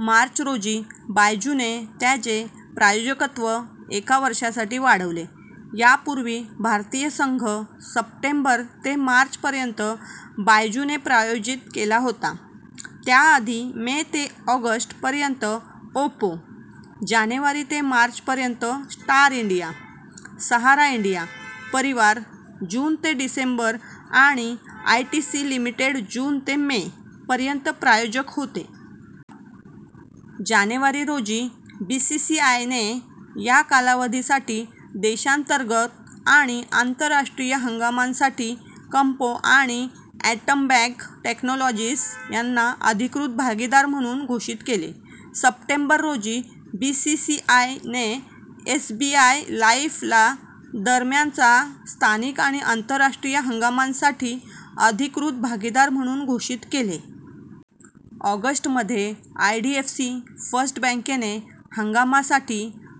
मार्च रोजी, बायजूने त्याचे प्रायोजकत्व एका वर्षासाठी वाढवले. यापूर्वी, भारतीय संघ सप्टेंबर ते मार्च पर्यंत बायजूने प्रायोजित केला होता, त्याआधी मे ते ऑगस्ट पर्यंत ओप्पो, जानेवारी ते मार्च पर्यंत Star India, Sahara India Pariwar जून ते डिसेंबर आणि आयटीसी लिमिटेड जून ते मे पर्यंत प्रायोजक होते. जानेवारी रोजी, बीसीसीआयने - या कालावधीसाठी देशांतर्गत आणि आंतरराष्ट्रीय हंगामासाठी कॅम्पा आणि ॲटमबर्ग टेक्नॉलॉजीज यांना अधिकृत भागीदार म्हणून घोषित केले. सप्टेंबर रोजी, बीसीसीआयने एसबीआय लाईफ ला - दरम्यानच्या स्थानिक आणि आंतरराष्ट्रीय हंगामासाठी अधिकृत भागीदार म्हणून घोषित केले. ऑगस्ट मध्ये, आयडीएफसी फर्स्ट बँके ने - हंगामासाठी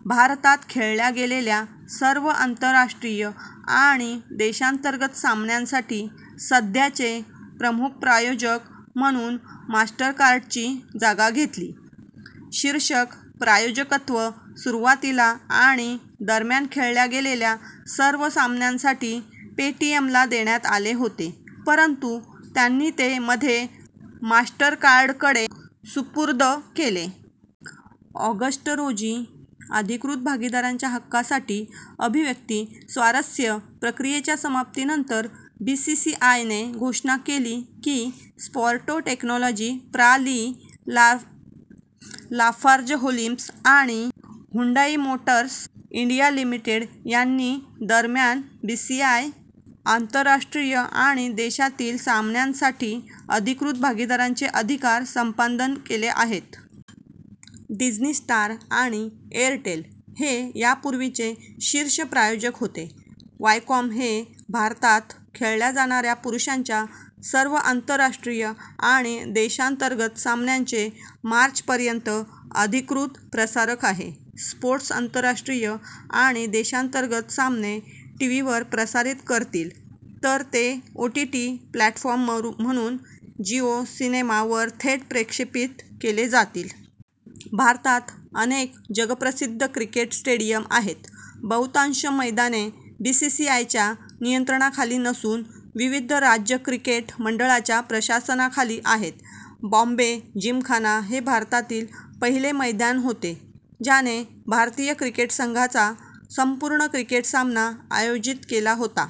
भारतात खेळल्या गेलेल्या सर्व आंतरराष्ट्रीय आणि देशांतर्गत सामन्यांसाठी सध्याचे मुख्य प्रायोजक म्हणून मास्टरकार्डची जागा घेतली.। शीर्षक प्रायोजकत्व सुरुवातीला आणि दरम्यान खेळल्या गेलेल्या सर्व सामन्यांसाठी पेटीएम ला देण्यात आले होते परंतु त्यांनी ते मध्ये मास्टरकार्डकडे सुपूर्द केले. ऑगस्ट रोजी, अधिकृत भागीदारांच्या हक्कांसाठी अभिव्यक्ती स्वारस्य प्रक्रियेच्या समाप्तीनंतर, बीसीसीआयने घोषणा केली की स्पोर्टा टेक्नॉलॉजीस प्रा. लि., लाफार्जहोल्सीम आणि ह्युंदाई मोटर्स इंडिया लिमिटेड यांनी दरम्यान बीसीसीआय आंतरराष्ट्रीय आणि देशांतर्गत सामन्यांसाठी अधिकृत भागीदारांचे अधिकार संपादन केले आहेत. डिझ्नी स्टार आणि एअरटेल हे यापूर्वीचे शीर्ष प्रायोजक होते. व्हायकॉम हे भारतात खेळल्या जाणाऱ्या पुरुषांच्या सर्व आंतरराष्ट्रीय आणि देशांतर्गत सामन्यांचे मार्च पर्यंत अधिकृत प्रसारक आहेत. स्पोर्ट्स आंतरराष्ट्रीय आणि देशांतर्गत सामने टीव्हीवर प्रसारित करतील, तर ते ओटीटी प्लॅटफॉर्म म्हणून जिओ सिनेमा वर थेट प्रक्षेपित केले जातील. भारतात अनेक जगप्रसिद्ध क्रिकेट स्टेडियम आहेत. बहुतांश मैदाने बीसीसीआयच्या नियंत्रणाखाली नसून विविध राज्य क्रिकेट मंडळांच्या प्रशासनाखाली आहेत. बॉम्बे जिमखाना हे भारतातील पहिले मैदान होते ज्याने भारतीय क्रिकेट संघाचा संपूर्ण क्रिकेट सामना आयोजित केला होता.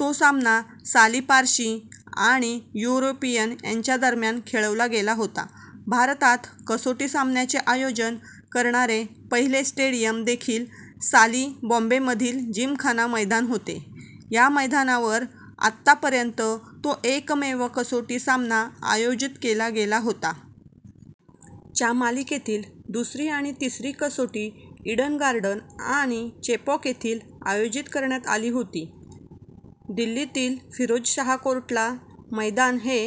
तो सामना साली पारशी आणि युरोपियन यांच्यादरम्यान खेळवला गेला होता. भारतात कसोटी सामन्याचे आयोजन करणारे पहिले स्टेडियम देखील साली बॉम्बेमधील जिमखाना मैदान होते. ह्या मैदानावर आतापर्यंत तो एकमेव कसोटी सामना आयोजित केला गेला होता. च्या मालिकेतील दुसरी आणि तिसरी कसोटी ईडन गार्डन्स आणि चेपॉक येथे आयोजित करण्यात आली होती. दिल्लीतील फिरोजशाह कोटला मैदान हे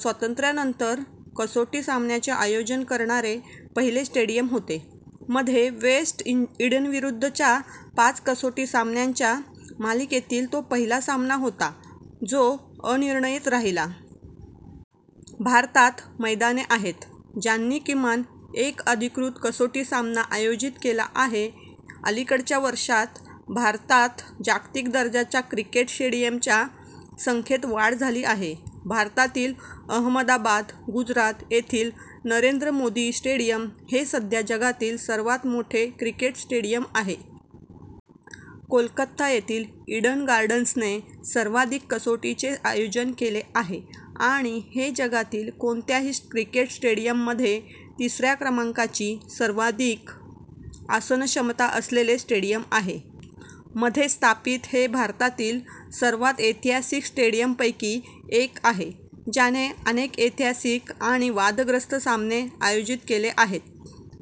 स्वातंत्र्यानंतर कसोटी सामन्याचे आयोजन करणारे पहिले स्टेडियम होते. मध्ये वेस्ट इंडीजविरुद्धच्या पाच कसोटी सामन्यांच्या मालिकेतील तो पहिला सामना होता जो अनिर्णित राहिला. भारतात मैदाने आहेत ज्यांनी किमान एक अधिकृत कसोटी सामना आयोजित केला आहे. अलिकडच्या वर्षांत, भारतात जागतिक दर्जाच्या क्रिकेट स्टेडियमच्या संख्येत वाढ झाली आहे. भारतातील अहमदाबाद, गुजरात येथील नरेंद्र मोदी स्टेडियम हे सध्या जगातील सर्वात मोठे क्रिकेट स्टेडियम आहे. कोलकाता येथील ईडन गार्डन्सने सर्वाधिक कसोटींचे आयोजन केले आहे आणि हे जगातील कोणत्याही क्रिकेट स्टेडियममध्ये तिसऱ्या क्रमांकाची सर्वाधिक आसनक्षमता असलेले स्टेडियम आहे. मध्ये स्थापित, हे भारतातील सर्वात ऐतिहासिक स्टेडियमपैकी एक आहे, ज्याने अनेक ऐतिहासिक आणि वादग्रस्त सामने आयोजित केले आहेत.